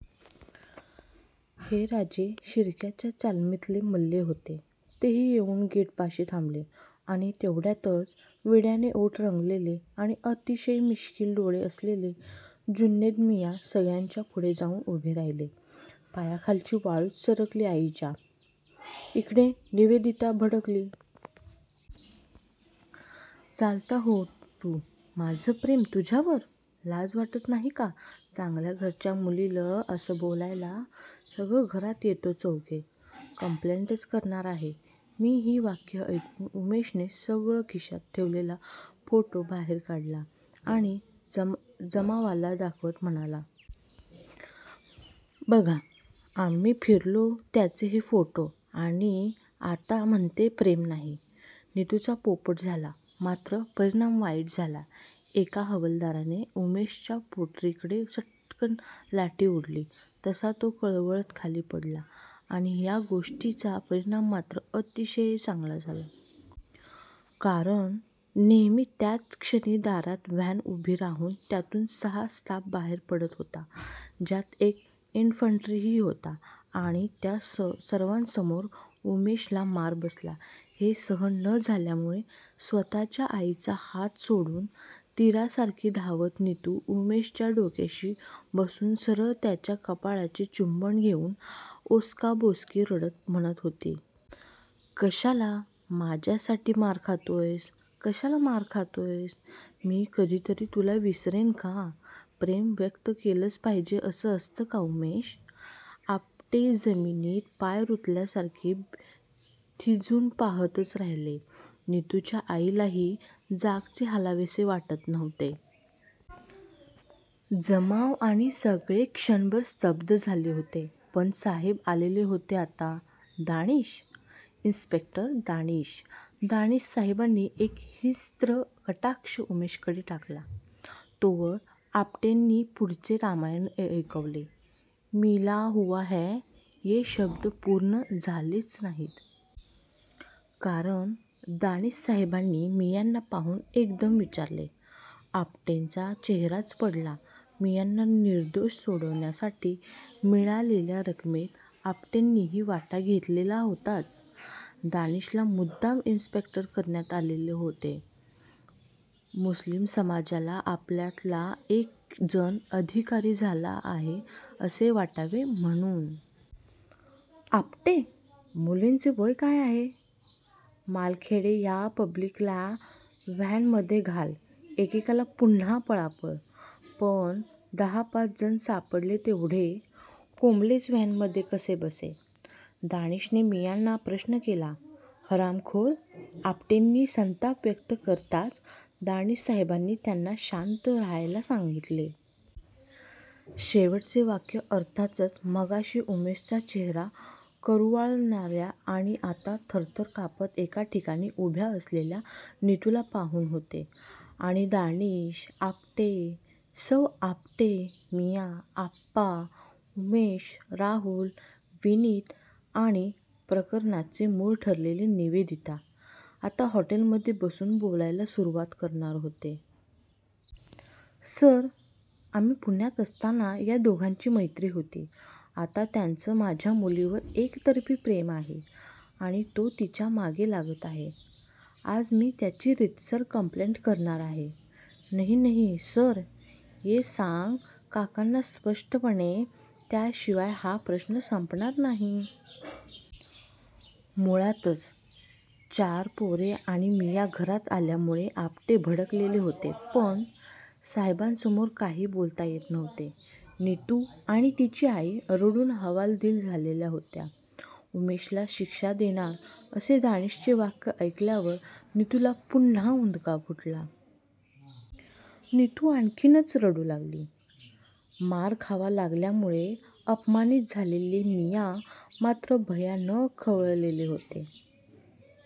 हे राजे शिर्क्यांच्या तालमीतले मल्ल होते. तेही येऊन गेटपाशीच थांबले आणि तेवढ्यातच विड्याने ओठ रंगलेले आणि अतिशय मिश्कील डोळे असलेले जुनैद मियाँ सगळ्यांच्या पुढे जाऊन उभे राहिले. पायाखालची वाळूच सरकली आईंच्या! इकडे निवेदिता भडकली. चालता हो तू माझे प्रेम तुझ्यावर? लाज वाटत नाही का चांगल्या घरच्या मुलील असे बोलायला सरळ घरात येता चौघे? कंप्लेन्टच करणार आहे मी ही वाक्ये ऐकून उमेशने सरळ खिशात ठेवलेला फोटो बाहेर काढला आणि जमावाला दाखवत म्हणाला. बघा आम्ही फिरलो त्याचे हे फोटो आणि आता म्हणते प्रेम नाही. नितुचा पोपट झाला. मात्र परिणाम वाईट झाला. एका हवालदाराने उमेशच्या पोटरीवर सट्टकन लाठी ओढली तसा तो कळवळत खाली पडला आणि ह्या गोष्टीचा परिणाम मात्र अतिशय चांगला झाला. कारण नेमकी त्याच क्षणी दारात व्हॅन उभी राहून त्यातून सहा स्टाफ बाहेर पडत होता ज्यात एक इन्स्पेक्टरही होता आणि त्या सर्वांसमोर उमेशला मार बसला हे सहन न झाल्यामुळे स्वतःच्या आईचा हात सोडून तीरासारखी धावत नितु उमेशच्या डोक्याशी बसून सरळ त्याच्या कपाळाची चुंबने घेऊन ओक्साबोक्शी रडत म्हणत होती. कशाला माझ्यासाठी मार खातोयस? कशाला मार खातोयस? मी कधीतरी तुला विसरेन का? प्रेम व्यक्त केलंच पाहिजे असं असतं का उमेश? आपटे जमीनीत पाय रुतल्यासारखे थिजून पाहातच राहिले. नितुच्या आईलाही जागचे हालावेसे वाटत नव्हते. जमाव आणि सगळेच क्षणभर स्तब्ध झाले होते. पण साहेब आलेले होते आता! दानिश! इन्स्पेक्टर दानिश! दानिशसाहेबांनी एक हिंस्त्र कटाक्ष उमेशकडे टाकला. तोवर आपटेंनी पुढचे रामायण ऐकवले. 'मिला हुवा है' हे शब्द पूर्ण झालेच नाहीत. कारण दानिशसाहेबांनी मियाँना पाहून एकदम विचारले. आपटेंचा चेहराच पडला. मियाँना निर्दोष सोडण्यासाठी मिळालेल्या रकमेत आपटेंनीही वाटा घेतलेला होताच! दानिशला मुद्दाम इन्स्पेक्टर करण्यात आलेले होते. मुस्लिम समाजाला आपल्यातला एक जण अधिकारी झाला आहे असे वाटावे म्हणून! आपटे. मुलीचं वय काय आहे? मालखेडे या पब्लिकला व्हॅनमध्ये घाल एकेकाल पुन्हा पळापळ! पण दहा पाच जण सापडले तेवढे कोंबलेच व्हॅनमध्ये कसेबसे! दानिशने मियाँना प्रश्न केला. हरामखोर आपटेंनी संताप व्यक्त करताच दानिशसाहेबांनी त्यांना शांत राहायला सांगितले. शेवटचे वाक्य अर्थातच मगाशी उमेशचा चेहरा कुरवाळणार्या आणि आता थरथर कापत एका ठिकाणी उभ्या असलेल्या नितुला पाहून होते आणि दानिश, आपटे, सौ. आपटे, मियाँ, आप्पा, उमेश, राहुल, विनीत आणि प्रकरनाचे मूळ ठरलेली निवेदिता आता हॉलमध्ये बसून बोलायला सुरुवात करणार होते. सर आम्ही पुण्यात असताना या दोघांची मैत्री होती. आता त्याचं माझ्या मुलीवर एकतर्फी प्रेम आहे आणि तो तिच्या मागे लागत आहे. आज मी त्याची रीतसर कंप्लेन्ट करणार आहे. नही नही सर ए सांग काकांना स्पष्टपणे त्याशिवाय हा प्रश्न संपणार नाही. मुळातच चार पोरे आणि मियाँ घरात आल्यामुळे आपटे भडकलेले होते पण साहेबांसमोर काही बोलता येत नव्हते. नितु आणि तिची आई रडून हवालदिल झालेल्या होत्या. उमेशला शिक्षा देणार असे दानिशचे वाक्य ऐकल्यावर नितुला पुन्हा हुंदका फुटला. नितु आणखीनच रडू लागली. मार खावा लागल्यामुळे अपमानीत झालेले मियाँ मात्र भयानक खवळलेले होते.